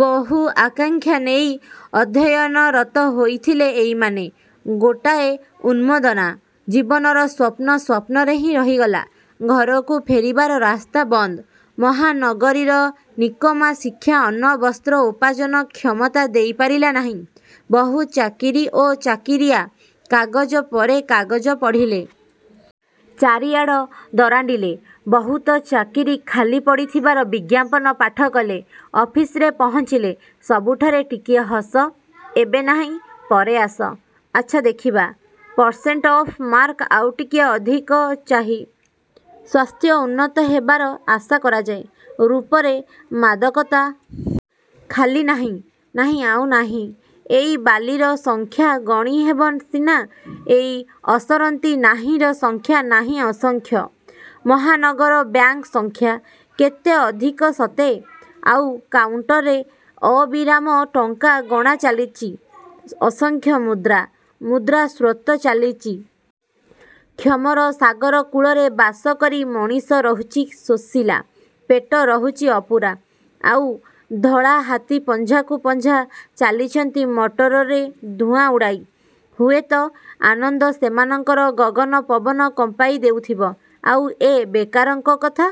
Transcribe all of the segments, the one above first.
ବହୁ ଆକାଙ୍କ୍ଷା ନେଇ ଅଧ୍ୟୟନରତ ହୋଇଥିଲେ ଏଇମାନେ। ଗୋଟାଏ ଉନ୍ମାଦନା, ଜୀବନର ସ୍ୱପ୍ନ ସ୍ୱପ୍ନରେ ହିଁ ରହିଗଲା। ଘରକୁ ଫେରିବାର ରାସ୍ତା ବନ୍ଦ। ମହାନଗରୀର ନିକମା ଶିକ୍ଷା ଅନ୍ନ ବସ୍ତ୍ର ଉପାର୍ଜନ କ୍ଷମତା ଦେଇ ପାରିଲା ନାହିଁ। ବହୁ ଚାକିରୀ ଓ ଚାକିରୀଆ, କାଗଜ ପରେ କାଗଜ ପଢ଼ିଲେ। ଚାରିଆଡ଼ ଦରାଣ୍ତିଲେ। ବହୁତ ଚାକିରୀ ଖାଲି ପଡ଼ିଥିବାର ବିଜ୍ଞାପନ ପାଠ କଲେ। ଅଫିସରେ ପହଞ୍ଚିଲେ। ସବୁଠାରେ ଟିକିଏ ହସ, ଏବେ ନାହିଁ, ପରେ ଆସ, ଆଛା ଦେଖିବା, ପରସେଣ୍ଟ ଅଫ ମାର୍କ ଆଉ ଟିକିଏ ଅଧିକ ଚାହି, ସ୍ୱାସ୍ଥ୍ୟ ଉନ୍ନତ ହେବାର ଆଶା କରାଯାଏ, ରୂପରେ ମାଦକତା ଆବଶ୍ୟକ ଓ ମନ ଟାଣିଲା ଆଖି ଦରକାର, ଉଚ୍ଚତା ଆଶାନୁରୂପ ନୁହେଁ, ସରସତାର ଅଭାବ। ଖାଲି ନାହିଁ, ନାହିଁ ଆଉ ନାହିଁ। ଏଇ ବାଲିର ସଂଖ୍ୟା ଗଣି ହେବ ସିନା, ଏଇ ଅସରନ୍ତି ନାହିଁର ସଂଖ୍ୟା ନାହିଁ ଅସଂଖ୍ୟ। ମହାନଗର ବ୍ୟାଙ୍କ ସଂଖ୍ୟା, କେତେ ଅଧିକ ସତେ! ଆଉ କାଉଣ୍ଟରରେ ଅବିରାମ ଟଙ୍କା ଗଣା ଚାଲିଚି। ଅସଂଖ୍ୟ ମୁଦ୍ରା, ମୁଦ୍ରା ସ୍ରୋତ ଚାଲିଚି। କ୍ଷମର ସାଗର କୂଳରେ ବାସ କରି ମଣିଷ ରହୁଚି ଶୋଷିଲା। ପେଟ ରହୁଚି ଅପୂରା। ଆଉ ଧଳା ହାତୀ ପଞ୍ଝାକୁ ପଞ୍ଝା ଚାଲିଚନ୍ତି ମଟରରେ ଧୁଆଁ ଉଡ଼ାଇ। ହୁଏତ ଆନନ୍ଦ ସେମାନଙ୍କର ଗଗନ ପବନ କମ୍ପାଇ ଦେଉଥିବ। ଆଉ ଏ ବେକାରଙ୍କ କଥା!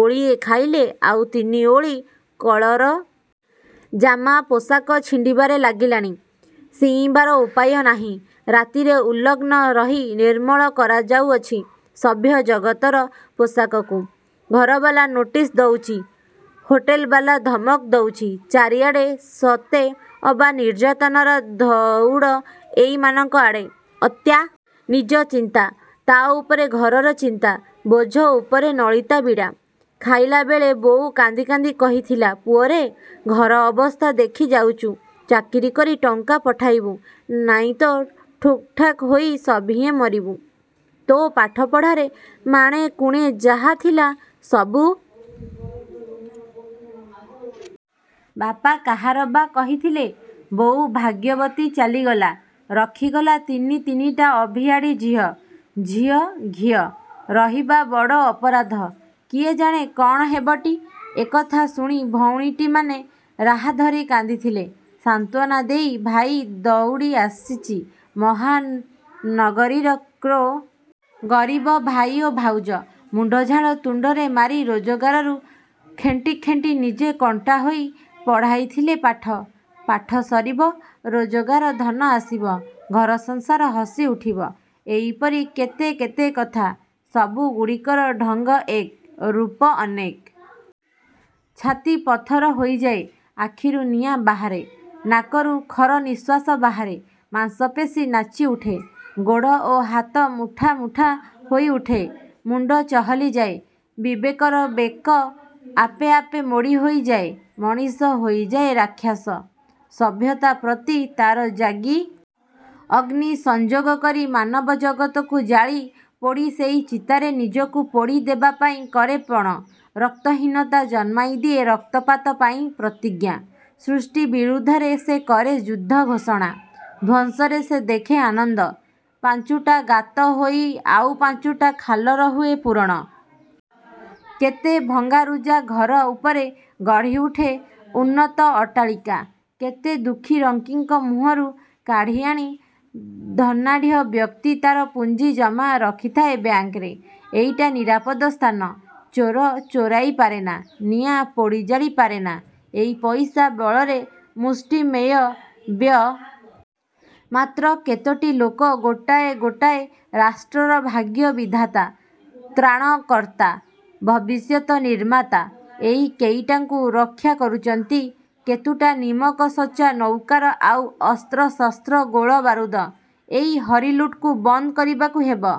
ଓଳିଏ ଖାଇଲେ ଆଉ ତିନି ଓଳି କଳର ପାଣିରେ ପେଟ ପୂରି ଉଠୁଚି। ଜାମା, ପୋଷାକ ଛିଣ୍ତିବାରେ ଲାଗିଲାଣି। ଶିଇଁବାର ଉପାୟ ନାହିଁ। ରାତିରେ ଉଲଗ୍ନ ରହି ନିର୍ମଳ କରାଯାଉଅଛି। ସଭ୍ୟ ଜଗତର ପୋଷାକକୁ। ଘରବାଲା ନୋଟିସ୍ ଦଉଚି। ହୋଟେଲବାଲା ଧମକ ଦଉଚି। ଚାରିଆଡ଼େ ସେତେ ଅବା ନିର୍ଯାତନାର ଧଉଡ଼ ଏଇମାନଙ୍କ ଆଡ଼େ। ଅତ୍ୟାଚାରରର ହାତୁଡ଼ି ପ୍ରହାର ଏଇମାନଙ୍କ ଉପରେ। ନିଜ ଚିନ୍ତା, ତା ଉପରେ ଘରର ଚିନ୍ତା, ବୋଝ ଉପରେ ନଳିତା ବିଡ଼ା। ଖାଇଲାବେଳେ ବୋଉ କାନ୍ଦି କାନ୍ଦି କହିଥିଲା—ପୁଅରେ, ଘର ଅବସ୍ଥା ଦେଖିଯାଉଚୁ। ଚାକିରୀ କରି ଟଙ୍କା ପଠାଇବୁ, ନାଇଁ ତ ଠୁକ୍ ଠାକ୍ ହୋଇ ସଭିଏଁ ମରିବୁ। ତୋ ପାଠପଢ଼ାରେ ମାଣେ କୁଣେ ଯାହା ଥିଲା, ସବୁ ବିକାଗଲା। ବାପା କାହାର ବା କହିଥିଲେ, 'ବୋଉ ଭାଗ୍ୟବତୀ ଚାଲିଗଲା। ରଖିଗଲା ତିନି ତିନିଟା ଅଭିଆଡ଼ୀ ଝିଅ। 'ଝିଅ ଘିଅ' ରହିବା ବଡ଼ ଅପରାଧ, କିଏ ଜାଣେ କ'ଣ ହେବଟି। ' ଏକଥା ଶୁଣି ଭଉଣୀଟିମାନ ରାହା ଧରି କାନ୍ଦିଥିଲେ। ସାନ୍ତ୍ୱନା ଦେଇ ଭାଇ ଧଉଡ଼ି ଆସିଚି ମହାନଗରୀର କ୍ରୋଡ଼କୁ। ଗରିବ ଭାଇ ଓ ଭାଉଜ। ମୁଣ୍ଡ ଝାଳ ତୁଣ୍ତରେ ମାରି ରୋଜଗାରରୁ ଖେଣ୍ଟି ଖେଣ୍ଟି ନିଜେ କଣ୍ଟା ହୋଇ ପଢ଼ାଇଥିଲେ ପାଠ। ପାଠ ସରିବ। ରୋଜଗାର ଧନ ଆସିବ। ଘର ସଂସାର ହସିଉଠିବ। ଏଇପରି କେତେ କେତେ କଥା। ସବୁ ଗୁଡ଼ିକର ଢଙ୍ଗ ଏକ, ରୂପ ଅନେକ। ଛାତି ପଥର ହୋଇଯାଏ। ଆଖିରୁ ନିଆଁ ବାହାରେ। ନାକରୁ ଖରନିଶ୍ୱାସ ବାହାରେ। ମାଂସପେଶୀ ନାଚିଉଠେ। ଗୋଡ଼ ଓ ହାତ ମୁଠା ମୁଠା ହୋଇଉଠେ। ମୁଣ୍ତ ଚହଲିଯାଏ। ବିବେକର ବେକ ଆପେ ଆପେ ମୋଡ଼ି ହୋଇଯାଏ। ମଣିଷ ହୋଇଯାଏ ରାକ୍ଷସ। ସଭ୍ୟତା ପ୍ରତି ତାର ଜାଗିଉଠେ ପ୍ରତିହିଂସାର ବହ୍ନି। ଅଗ୍ନି ସଂଯୋଗ କରି ମାନବ ଜଗତକୁ ଜାଳି ପୋଡ଼ି ସେଇ ଚିତାରେ ନିଜକୁ ପୋଡ଼ି ଦେବାପାଇଁ କରେ ପଣ। ରକ୍ତହୀନତା ଜନ୍ମାଇଦିଏ ରକ୍ତପାତ ପାଇଁ ପ୍ରତିଜ୍ଞା। ସୃଷ୍ଟି ବିରୁଦ୍ଧରେ ସେ କରେ ଯୁଦ୍ଧ ଘୋଷଣା, ଧ୍ୱଂସରେ ସେ ଦେଖେ ଆନନ୍ଦ। ପାଞ୍ଚୁଟା ଗାତ ହୋଇ ଆଉ ପାଞ୍ଚୁଟା ଖାଲର ହୁଏ ପୂରଣ। କେତେ ଭଙ୍ଗାରୁଜା ଘର ଉପରେ ଗଢ଼ିଉଠେ ଉନ୍ନତ ଅଟ୍ଟାଳିକା। କେତେ ଦୁଃଖୀ ରଙ୍କିଙ୍କ ମୁହଁରୁ କାଢ଼ି ଆଣି ଧନାଢ଼୍ୟ ବ୍ୟକ୍ତି ତାର ପୁଞ୍ଜି ଜମା ରଖିଥାଏ ବ୍ୟାଙ୍କରେ, ଏଇଟା ନିରାପଦ ସ୍ଥାନ। ଚୋର ଚୋରାଇ ପାରେନା। ନିଆଁ ପୋଡ଼ି ଜାଳି ପାରେନା। ଏଇ ପଇସା ବଳରେ ମୁଷ୍ଟିମେୟ ବ୍ୟକ୍ତି କେତେ ସୁନାର ସଂସାରକୁ ଚୂନା କରି ଖେଳ ଖେଳାଇ ଚାଲିଚନ୍ତି। ମାତ୍ର କେତୋଟି ଲୋକ ଗୋଟାଏ ଗୋଟାଏ ରାଷ୍ଟ୍ରର ଭାଗ୍ୟ ବିଧାତା, ତ୍ରାଣକର୍ତ୍ତା, ଭବିଷ୍ୟତ ନିର୍ମାତା। ଏଇ କେଇଟାଙ୍କୁ ରକ୍ଷା କରୁଚନ୍ତି କେତୁଟା ନିମକସଚ୍ଚା ନୌକାର ଆଉ ଅସ୍ତ୍ର, ଶସ୍ତ୍ର ଗୋଳ ବାରୁଦ। ଏ ହରିଲୁଟକୁ ବନ୍ଦ କରିବାକୁ ହେବ।